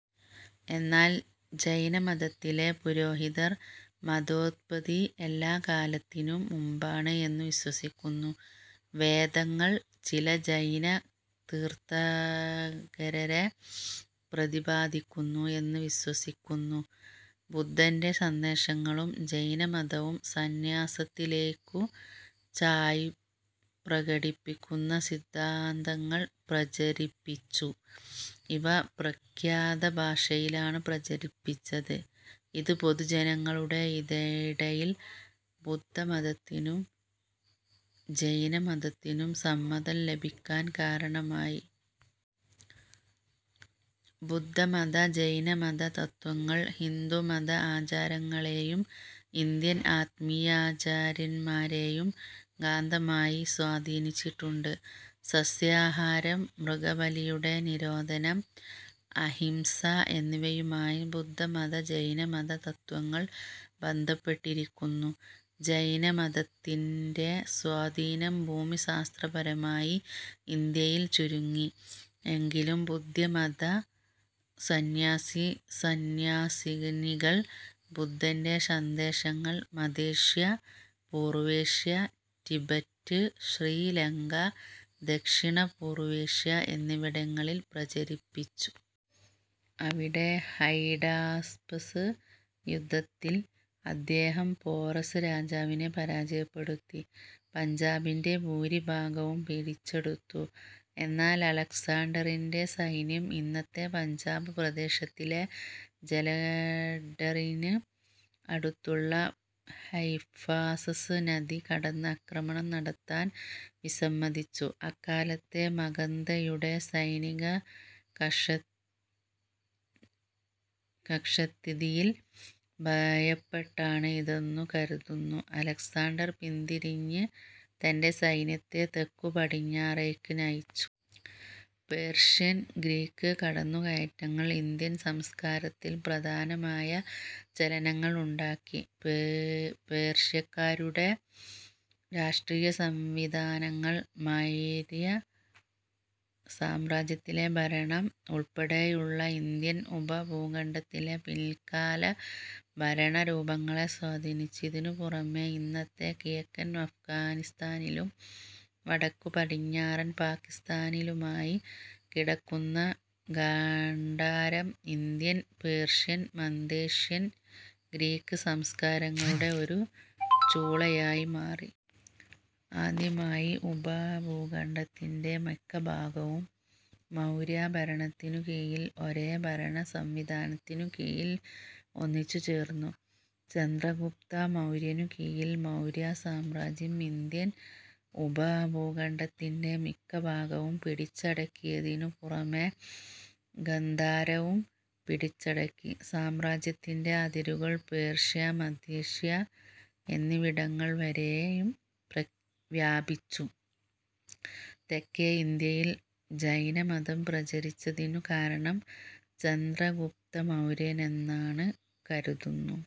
എന്നാൽ ജൈനമതത്തിലെ പുരോഹിതർ മതോത്പത്തി എല്ലാ കാലത്തിനും മുൻപാണ് എന്നു വിശ്വസിക്കുന്നു. വേദങ്ങൾ ചില ജൈന തീർത്ഥങ്കരരെ പ്രതിപാദിക്കുന്നു എന്ന് വിശ്വസിക്കുന്നു.. ബുദ്ധന്റെ സന്ദേശങ്ങളും ജൈനമതവും സന്യാസത്തിലേയ്ക്കു ചായ്വ് പ്രകടിപ്പിക്കുന്ന സിദ്ധാന്തങ്ങൾ പ്രചരിപ്പിച്ചു. ഇവ പ്രാകൃത ഭാഷയിലാണ് പ്രചരിപ്പിച്ചത്, ഇത് പൊതുജനങ്ങളുടെ ഇടയിൽ ബുദ്ധമതത്തിനും ജൈനമതത്തിനും സമ്മതം ലഭിക്കാൻ കാരണമായി. ബുദ്ധമത ജൈനമത തത്ത്വങ്ങൾ ഹിന്ദുമത ആചാരങ്ങളെയും ഇന്ത്യൻ ആത്മീയാചാര്യന്മാരെയും ഗാഢമായി സ്വാധീനിച്ചിട്ടുണ്ട്. സസ്യാഹാരം, മൃഗബലിയുടെ നിരോധനം, അഹിംസ എന്നിവയുമായി ബുദ്ധമത-ജൈനമത തത്ത്വങ്ങൾ ബന്ധപ്പെട്ടിരിക്കുന്നു. ജൈനമതത്തിന്റെ സ്വാധീനം ഭൂമിശാസ്ത്രപരമായി ഇന്ത്യയിൽ ചുരുങ്ങി എങ്കിലും ബുദ്ധമത സന്യാസീ-സന്യാസിനികൾ ബുദ്ധന്റെ സന്ദേശങ്ങൾ മദ്ധ്യേഷ്യ, പൂർവേഷ്യ, റ്റിബറ്റ്, ശ്രീ ലങ്ക, ദക്ഷിണപൂർവേഷ്യ എന്നിവിടങ്ങളിൽ പ്രചരിപ്പിച്ചു. അവിടെ, ഹൈഡാസ്പസ് യുദ്ധത്തിൽ അദ്ദേഹം പോറസ് രാജാവിനെ പരാജയപ്പെടുത്തി, പഞ്ചാബിന്റെ ഭൂരിഭാഗവും പിടിച്ചെടുത്തു; എന്നാൽ അലക്സാണ്ടറിന്റെ സൈന്യം ഇന്നത്തെ പഞ്ചാബ് പ്രദേശത്തിലെ ജലന്ധറിന് അടുത്തുള്ള ഹൈഫാസസ് നദി കടന്ന് ആക്രമണം നടത്താൻ വിസമ്മതിച്ചു. അക്കാലത്തെ മഗധയുടെ സൈനികശക്തിയിൽ ഭയപ്പെട്ടാണ് ഇതെന്നു കരുതുന്നു. അലക്സാണ്ടർ പിന്തിരിഞ്ഞ് തന്റെ സൈന്യത്തെ തെക്കുപടിഞ്ഞാറേയ്ക്ക് നയിച്ചു. പേർഷ്യൻ, ഗ്രീക്ക് കടന്നുകയറ്റങ്ങൾ ഇന്ത്യൻ സംസ്കാരത്തിൽ പ്രധാനമായ ചലനങ്ങൾ ഉണ്ടാക്കി. പേർഷ്യക്കാരുടെ രാഷ്ട്രീയ സംവിധാനങ്ങൾ മൌര്യ സാമ്രാജ്യത്തിലെ ഭരണം ഉൾപ്പെടെയുള്ള ഇന്ത്യൻ ഉപഭൂഖണ്ഡത്തിലെ പിൽക്കാല ഭരണ രൂപങ്ങളെ സ്വാധീനിച്ചു. ഇതിനു പുറമേ, ഇന്നത്തെ കിഴക്കൻ അഫ്ഗാനിസ്ഥാനിലും വടക്കുപടിഞ്ഞാറൻ പാകിസ്താനിലുമായി കിടക്കുന്ന ഗാന്ധാരം ഇന്ത്യൻ, പേർഷ്യൻ, മദ്ധ്യേഷ്യൻ, ഗ്രീക്ക് സംസ്കാരങ്ങളുടെ ഒരു ചൂളയായി മാറി. ആദ്യമായി ഉപഭൂഖണ്ഡത്തിന്റെ മിക്ക ഭാഗവും മൌര്യ ഭരണത്തിനു കീഴിൽ ഒരേ ഭരണസംവിധാനത്തിനു കീഴിൽ ഒന്നിച്ചുചേർന്നു. ചന്ദ്രഗുപ്ത മൌര്യനു കീഴിൽ മൌര്യ സാമ്രാജ്യം ഇന്ത്യൻ ഉപഭൂഖണ്ഡത്തിന്റെ മിക്ക ഭാഗവും പിടിച്ചടക്കിയതിനു പുറമേ, ഗാന്ധാരവും പിടിച്ചടക്കി സാമ്രാജ്യത്തിന്റെ അതിരുകൾ പേർഷ്യ, മദ്ധ്യേഷ്യ എന്നിവിടങ്ങൾ വരെയും വ്യാപിപ്പിച്ചു. തെക്കേ ഇന്ത്യയിൽ ജൈനമതം പ്രചരിച്ചതിനു കാരണം ചന്ദ്രഗുപ്തമൌര്യനാണെന്ന് കരുതുന്നു.